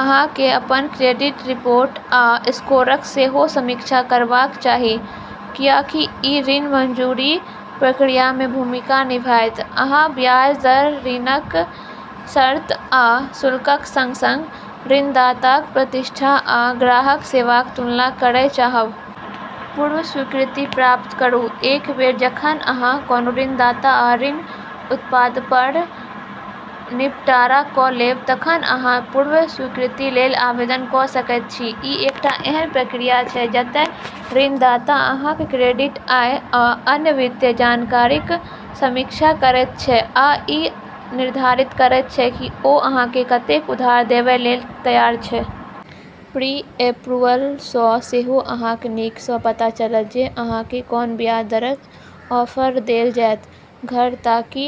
अहाँकेँ अपन credit report आ स्कोरक सेहो समीक्षा करबाक चाही, कियाकि ई ऋण मंजूरी प्रक्रियामे भूमिका निभायत। अहाँ ब्याज दर, ऋणक शर्त, आ शुल्कक संग-संग ऋणदाताक प्रतिष्ठा आ ग्राहक सेवाक तुलना करै चाहब। पूर्व स्वीकृति प्राप्त करू: एक बेर जखन अहाँ कोनो ऋणदाता आ ऋण उत्पादपर निपटारा कऽ लेब तखन अहाँ पूर्व स्वीकृतिलेल आवेदन कऽ सकैत छी। ई एकटा एहन प्रक्रिया छै जतय ऋणदाता अहाँक क्रेडिट, आय आ अन्य वित्तीय जानकारीक समीक्षा करैत छै आ ई निर्धारित करैत छै कि ओ अहाँकेँ कतेक उधार देबैलेल तैयार छै। प्री-एप्रूवलसँ सेहो अहाँकेँ नीकसँ पता चलत जे अहाँकेँ कोन ब्याज दरक ऑफर देल जायत। घर ताकी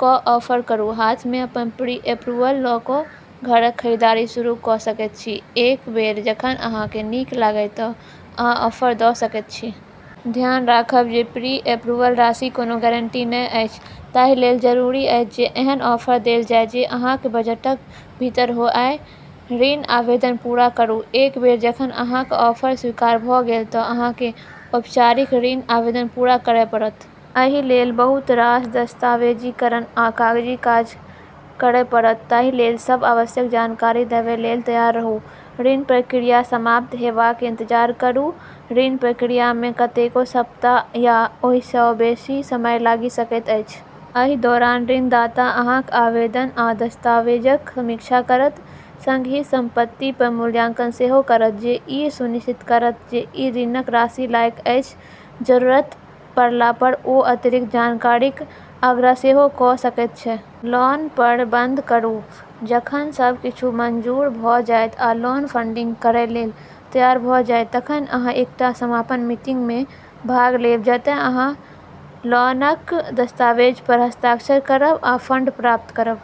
कऽ ऑफर करू: हाथमे अपन प्री-एप्रूवल लऽ कऽ घरक खरीदारी शुरू कऽ सकैत छी। एक बेर जखन अहाँकेँ नीक लागय तँ अहाँ ऑफर दऽ सकैत छी। ध्यान राखब जे प्री-एप्रूवल राशि कोनो गारंटी नहि अछि, ताहिलेल जरूरी अछि जे एहन ऑफर देल जाय जे अहाँक बजटक भीतर होआय। ऋण आवेदन पूरा करू: एक बेर जखन अहाँक ऑफर स्वीकार भऽ गेल तँ अहाँकेँ औपचारिक ऋण आवेदन पूरा करै पड़त। एहिलेल बहुत रास दस्तावेजीकरण आ कागजी काज करै पड़त, ताहिलेल सभ आवश्यक जानकारी देबैलेल तैयार रहू। ऋण प्रक्रिया समाप्त हेबाक इंतजार करू: ऋण प्रक्रियामे कतेको सप्ताह या ओहिसँ बेसी समय लागि सकैत अछि। एहि दौरान ऋणदाता अहाँक आवेदन आ दस्तावेजक समीक्षा करत, संगहि संपत्तिपर मूल्यांकन सेहो करत जे ई सुनिश्चित करत जे ई ऋणक राशिक लायक अछि। जरूरत पड़लापर ओ अतिरिक्त जानकारीक आग्रह सेहो कऽ सकैत छै। लोनपर बंद करू: जखन सब किछु मंजूर भऽ जायत आ लोन फंडिंग करैलेल तैयार भऽ जायत तखन अहाँ एकटा समापन मीटिंगमे भाग लेब जतय अहाँ लोनक दस्तावेजपर हस्ताक्षर करब आ फंड प्राप्त करब।